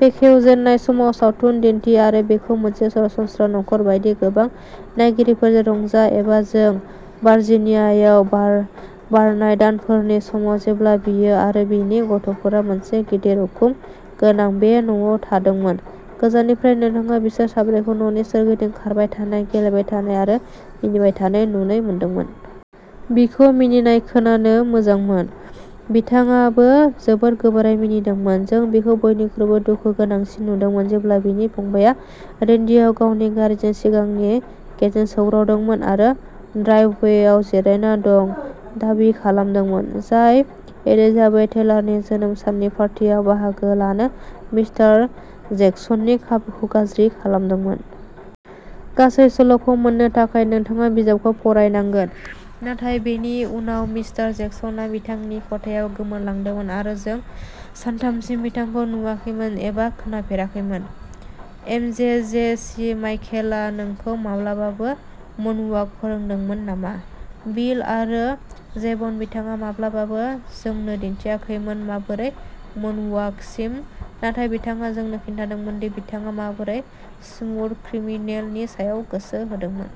बेखेवजेननाय सानाव सावथुन दिन्थि आरो बेखौ मोनसे सरासनस्रा नखर बायदि गोबां नायगिरिफोरजों रंजा एबा जों भार्जिनियायाव बारनाय दानफोरनि समाव जेब्ला बियो आरो बिनि गथ'फोरा मोनसे गिदिर उखुम गोनां बे न'आव थादोंमोन। गोजाननिफ्राय नोंथाङा बिसोर साब्रैखौ न'नि सोरगिदिं खारबाय थानाय, गेलेबाय थानाय आरो मिनिबाय थानाय नुनो मोनदोंमोन। बिखौ मिनिनाय खोनानो मोजांमोन। बिथाङाबो जोबोद गोबारै मिनिदोंमोन। जों बिखौ बयनिख्रुइबो दुखुगोनांसिन नुदोंमोन, जेब्ला बिनि फंबाय रेन्डिआ गावनि गारिजों सिगांनि गेटजों सौग्रावदोंमोन आरो ड्राइभवेआव जिरायना रां दाबि खालामदोंमोन, जाय एलिजाबेथ टेलारनि जोनोम साननि पार्टियाव बाहागो लानो मिस्टार जेक्सननि खाबुखौ गाज्रि खालामदोंमोन। गासै सल'खौ मोननो थाखाय नोंथाङा बिजाबखौ फरायनांगोन, नाथाय बेनि उनाव मिस्टार जेक्सनआ बिथांनि खथायाव गोमोरलांदोंमोन आरो जों सानथामसिम बिथांखौ नुवाखैमोन एबा खोनाफेराखैमोन। एमजेजेसि माइकेलआ नोंखौ माब्लाबाबो मुनवाक फोरोंदोंमोन नामा? बिल आरो जेभन बिथाङा माब्लाबाबो जोंनो दिन्थियाखैमोन माबोरै मुनवाकसिम, नाथाय बिथाङा जोंनो खिन्थादोंमोन दि बिथाङा माबोरै "स्मुथ क्रिमिनेल" नि सायाव गोसो होदोंमोन।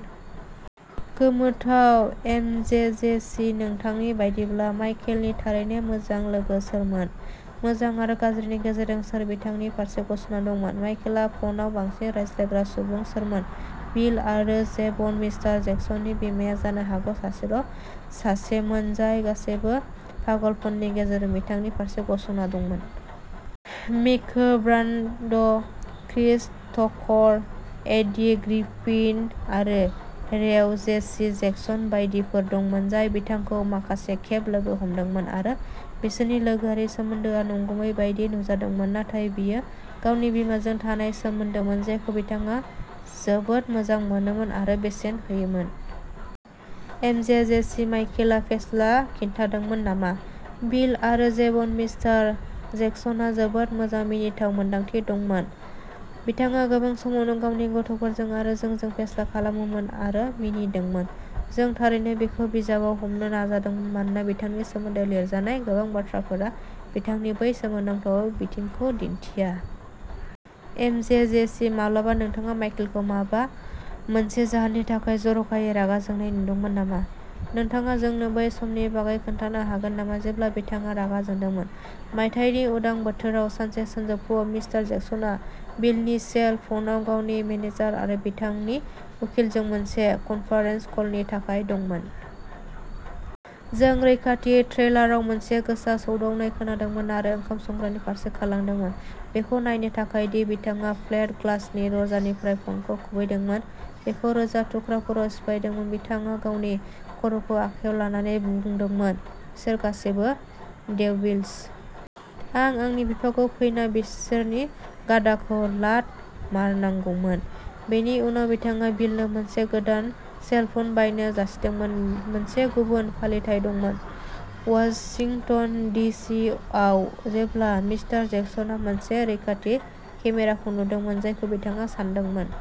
गोमोथाव एमजेजेसी नोंथांनि बायदिब्ला माइकेलनि थारैनो मोजां लोगो सोरमोन? मोजां आरो गाज्रिनि गेजेरजों सोर बिथांनि फारसे गसंना दंमोन? माइकेलआ फनाव बांसिन रायज्लायग्रा सुबुं सोरमोन? बिल आरो जेभन मिस्टार जेक्सननि बिमाया जानो हागौ सासेल' सासेमोन जाय गासैबो पागलपननि गेजेरजों बिथांनि फारसे गसंना दंमोन। Miko Brand', Chris Tucker, Eddie Griffin आरो रेव जेसी जेक्सन बायदिफोर दंमोन जाय बिथांखौ माखासे खेब लोगो हमदोंमोन आरो बिसोरनि लोगोआरि सोमोन्दोआ नंगुबै बायदि नुजादोंमोन, नाथाय बियो गावनि बिमाजों थानाय सोमोन्दोमोन जायखौ बिथाङा जोबोद मोजां मोनोमोन आरो बेसेन होयोमोन। एमजेजेसी माइकेलआ फेस्ला खिन्थादोंमोन नामा? बिल आरो जेभन मिस्टार जेक्सनहा जोबोद मोजां मिनिथाव मोनदांथि दंमोन। बिथाङा गोबां समावनो गावनि गथ'फोरजों आरो जोंजों फेस्ला खालामोमोन आरो मिनिदोंमोन। जों थारैनो बेखौ बिजाबाव हमनो नाजादोंमोन, मानोना बिथांनि सोमोन्दै लिरजानाय गोबां बाथ्राफोरा बिथांनि बै सोमोनांथाव बिथिंखौ दिन्थिया। एमजेजेसि माब्लाबा नोंथाङा माइकेलखौ माबा मोनसे जाहोननि थाखाय जर'खायै रागा जोंनाय नुदोंमोन नामा? नोंथाङा जोंनो बै समनि बागै खोन्थानो हागोन नामा जेब्ला बिथाङा रागा जोंदोंमोन? मायथाइनि उदां बोथोराव सानसे सानजौफुआव, मिस्टार जेक्सनआ बिलनि सेल फनाव गावनि मेनेजार आरो बिथांनि उखिलजों मोनसे कनफारेन्स कलनि थाखाय दंमोन। जों रैखाथि ट्रेलाराव मोनसे गोसा सौदावनाय खोनादोंमोन आरो ओंखाम संग्रानि फारसे खारलांदोंमोन बेखौ नायनो थाखाय दि बिथाङा प्लेट ग्लासनि दरजानिफ्राय फ'नखौ खुबैदोंमोन, बेखौ रोजा थुख्राफोराव सिफायदोंमोन। बिथाङा गावनि खर'खौ आखायाव लानानै बुंदोंमोन, "बिसोर गासैबो डेविल्स। आं आंनि बिफाखौ फैना बिसोरनि गाधाखौ लात मारनांगौमोन।" बेनि उनाव बिथाङा बिलनो मोनसे गोदान सेल फ'न बायनो जासिदोंमोन। मोनसे गुबुन फालिथाय दंमोन, वाशिंटन डि सि आव, जेब्ला मिस्टार जेक्सनआ मोनसे रैखाथि केमेराखौ नुदोंमोन जायखौ बिथाङा सानदोंमोन।